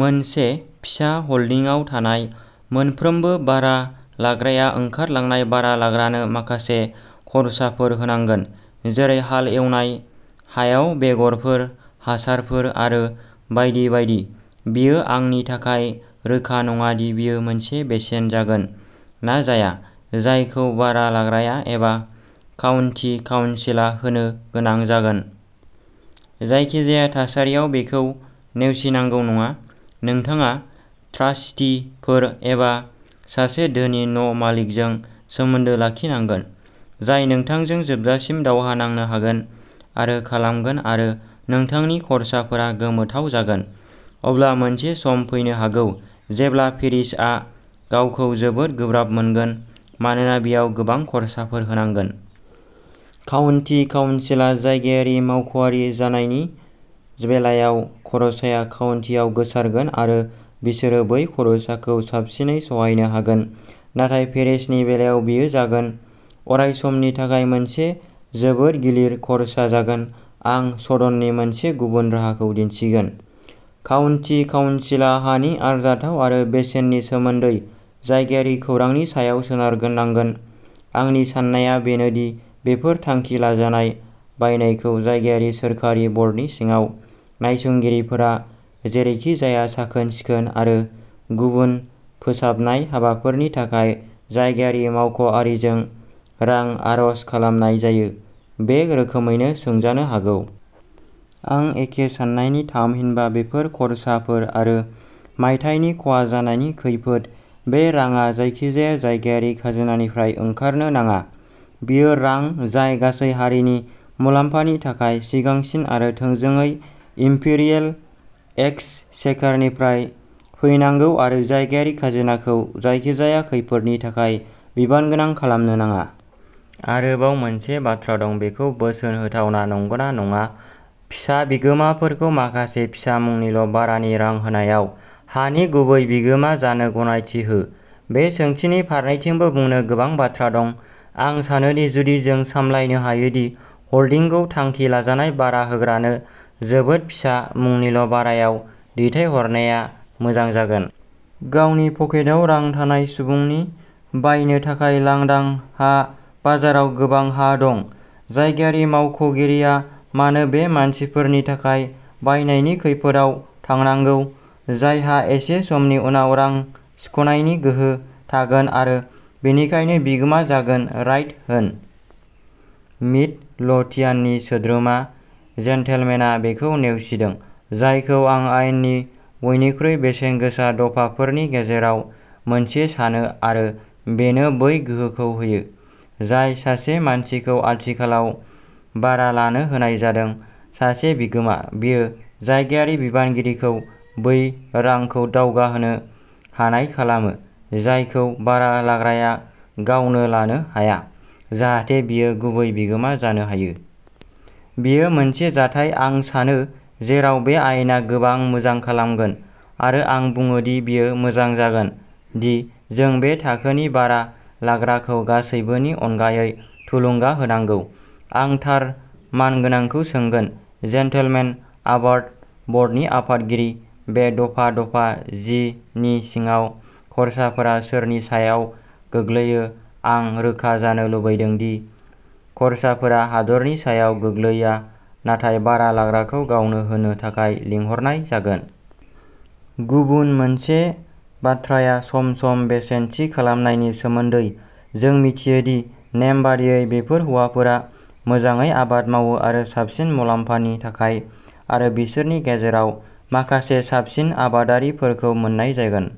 मोनसे फिसा ह'ल्डिंआव थांनाय मोनफ्रोमबो भारा लाग्राया ओंखारलांनाय भारा लाग्रानो माखासे खर्साफोर होनांगोन, जेरै हाल एवनाय, हायाव बेगरफोर, हासारफोर आरो बायदि बायदि। बेयो आंनि थाखाय रोखा नङा दि बेयो मोनसे बेसेन जागोन ना जाया जायखौ भारा लाग्राया एबा काउन्टि काउन्सिलआ होनो गोनां जागोन। जायखिजाया थासारियाव बेखौ नेवसिनांगौ नङा। नोंथाङा ट्रास्टिफोर एबा सासे धोनि न' मालिकजों सोमोन्दो लाखिनांगोन, जाय नोंथांजों जोबजासिम दावहा नांनो हागोन आरो खालामगोन आरो नोंथांनि खर्साफोरा गोमोथाव जागोन। अब्ला मोनसे सम फैनो हागौ जेब्ला पेरिसआ गावखौ जोबोद गोब्राब मोनगोन, मानोना बेयाव गोबां खर्साफोर होनांगोन। काउन्टि काउन्सिलआ जायगायारि मावख'आरि जानायनि बेलायाव खरसाया काउन्टिआव गोसारगोन आरो बिसोरो बै खरसाखौ साबसिनै सहायनो हागोन नाथाय पेरिसनि बेलायाव बेयो जागोन। अरायसमनि थाखाय मोनसे जोबोद गिलिर खर्सा जागोन। आं सदननि मोनसे गुबुन राहाखौ दिन्थिगोन। काउन्टि काउनसिला हानि आरजाथाव आरो बेसेननि सोमोन्दै जायगायारि खौरांनि सायाव सोनारनांगोन। आंनि साननाया बेनो दि बेफोर थांखि लाजानाय बायनायखौ जायगायारि सोरखारि बर्डनि सिङाव नायसंगिरिफोरा जेरैखिजाया साखोन-सिखोन आरो गुबुन फोसाबनाय हाबाफोरनि थाखाय जायगायारि मावख'आरिजों रां आर'ज खालामनाय जायो, बे रोखोमैनो सोंजानो हागौ। आं एखे साननायनि थामहिनबा, बेफोर खर्साफोर आरो मायथाइनि खहा जानायनि खैफोद बे राङा जायखिजाया जायगायारि खाजोनानिफ्राय ओंखारनो नाङा। बेयो रां जाय गासै हारिनि मुलाम्फानि थाखाय सिगांसिन आरो थोंजोङै इम्पेरियेल एक्सचेकारनिफ्राय फैनांगौ आरो जायगायारि खाजोनाखौ जायखिजाया खैफोदनि थाखाय बिबानगोनां खालामनो नाङा। आरोबाव मोनसे बाथ्रा दं, बेखौ बोसोन होथावना नंगौना नङा। फिसा बिगोमाफोरखौ माखासे फिसा मुंनिल' भारानि रां होनायाव हानि गुबै बिगोमा जानो गनायथि हो। बे सोंथिनि फारनैथिंबो बुंनो गोबां बाथ्रा दं। आं सानो दि जुदि जों सामलायनो हायो दि होल्डिंखौ थांखि लाजानाय भारा होग्रानो जोबोद फिसा मुंनिल' भारायाव दैथायहरनाया मोजां जागोन। गावनि पकेटाव रां थानाय सुबुंनि बायनो थाखाय लांदां हा बाजाराव गोबां हा दं। जायगायारि मावख'गिरिआ मानो बे मानसिफोरनि थाखाय बायनायनि खैफोदआव थांनांगौ, जायहा एसे समनि उनाव रां सुख'नायनि गोहो थागोन आरो बेनिखायनो बिगोमा जागोन राइट होन। मिडलोथियाननि सोद्रोमा जेनटेलमेनआ बेखौ नेवसिदों जायखौ आं आयेननि बयनिख्रुइ बेसेनगोसा दफाफोरनि गेजेराव मोनसे सानो आरो बेनो बै गोहोखौ होयो जाय सासे मानसिखौ आथिखालाव भारा लानो होनाय जादों। सासे बिगोमा। बेयो जायगायारि बिबानगिरिखौ बै रांखौ दावगाहोनो हानाय खालामो, जायखौ भारा लाग्राया गावनो लानो हाया, जाहाथे बियो गुबै बिगोमा जानो हायो। बेयो मोनसे जाथाय, आं सानो, जेराव बे आयेना गोबां मोजां खालामगोन आरो आं बुङो दि बेयो मोजां जागोन दि जों बे थाखोनि भारा लाग्राखौ गासैबोनि अनगायै थुलुंगा होनांगौ। आं थार मानगोनांखौ सोंगोन। जेन्टलमेन, आबाद बर्डनि आफादगिरि, बे दफा-दफा जि नि सिङाव खर्साफोरा सोरनि सायाव गोग्लैयो आं रोखा जानो लुबैदों दि खर्साफोरा हादोरनि सायाव गोग्लैया, नाथाय भारा लाग्राखौ गावनो होनो थाखाय लिंहरनाय जागोन। गुबुन मोनसे बाथ्राया सम-सम बेसेन थि खालामनायनि सोमोनदै। जों मिथियो दि नेम बायदियै बेफोर हौवाफोरा मोजाङै आबाद मावो आरो साबसिन मुलाम्फानि थाखाय आरो बिसोरनि गेजेराव माखासे साबसिन आबादारिफोरखौ मोन्नाय जागोन।